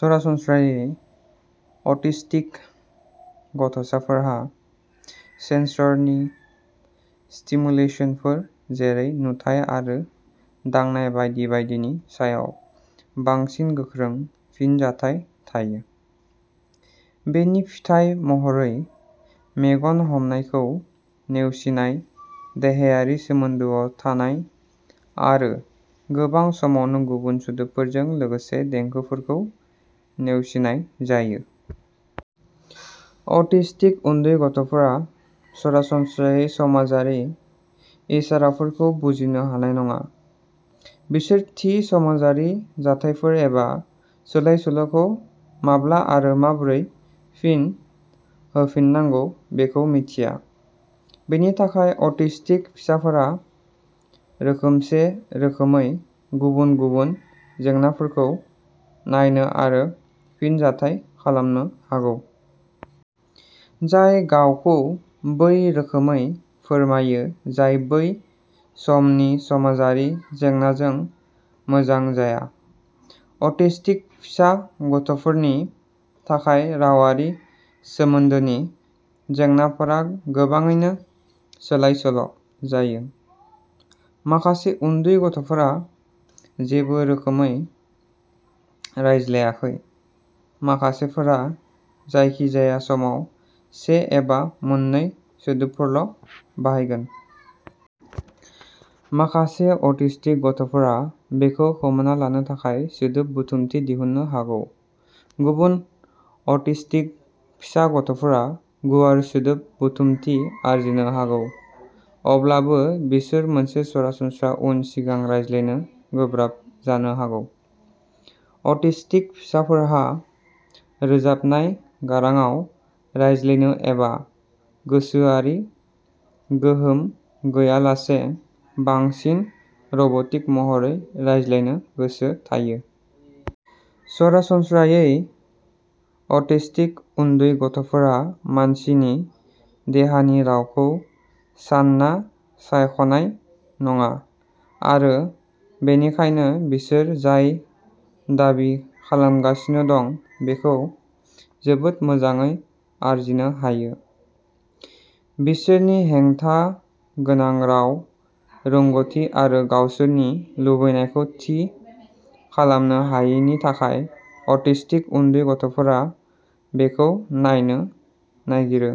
सरासनस्रायै अटिस्टिक गथ'साफोरहा सेन्स'रि स्टिमुलेसनफोर जेरै नुथाइ आरो दांनाय बायदि बायदिनि सायाव बांसिन गोख्रों फिनजाथाय थायो। बेनि फिथाय महरै मेगन हमनायखौ नेवसिनाय देहायारि सोमोन्दोआव थानाय, आरो गोबां समावनो गुबुन सोदोबफोरजों लोगोसे देंखोफोरखौ नेवसिनाय जायो। अटिस्टिक उन्दै गथ'फोरा सरासनस्रायै समाजारि इसाराफोरखौ बुजिनो हानाय नङा। बिसोर थि समाजारि जाथायफोर एबा सोलाय-सोल'खौ माब्ला आरो माबोरै फिन होफिननांगौ बेखौ मिथिया। बेनि थाखाय अटिस्टिक फिसाफोरा रोखोमसे रोखोमै गुबुन गुबुन जेंनाफोरखौ नायनो आरो फिनजाथाय खालामनो हागौ। जाय गावखौ बै रोखोमै फोरमायो जाय बै समनि समाजारि जेंनाजों मोजां जाया। अटिस्टिक फिसा गथ'फोरनि थाखाय रावारि सोमोन्दोनि जेंनाफोरा गोबाङैनो सोलाय-सोल' जायो। माखासे उन्दै गथ'फोरा जेबो रोखोमै रायज्लायाखै। माखासेफोरा जायखिजाया समाव से एबा मोननै सोदोबफोरल' बाहायगोन। माखासे अटिस्टिक गथ'फोरा बेखौ खोमाना लानो थाखाय सोदोब बुथुमथि दिहुननो हागौ। गुबुन अटिस्टिक फिसा गथ'फोरा गुवार सोदोब बुथुमथि आरजिनो हागौ। अब्लाबो बिसोर मोनसे सरासनस्रा उन सिगां रायज्लायनो गोब्राब जानो हागौ। अटिस्टिक फिसाफोरहा रोजाबनाय गारांआव रायज्लायनो एबा गोसोआरि गोहोम गैयालासे बांसिन रब'टिक महरै रायज्लायनो गोसो थायो। सरासनस्रायै अटिस्टिक उन्दै गथ'फोरा मानसिनि देहानि रावखौ सानना सायख'नाय नङा आरो बेनिखायनो बिसोरो जाय दाबि खालामजागासिनो दं बेखौ जोबोद मोजाङै आरजिनो हायो। बिसोरनि हेंथा गोनां राव रोंग'थि आरो गावसोरनि लुबैनायखौ थि खालामनो हायैनि थाखाय अटिस्टिक उन्दै गथ'फोरा बेखौ नायनो नागिरो।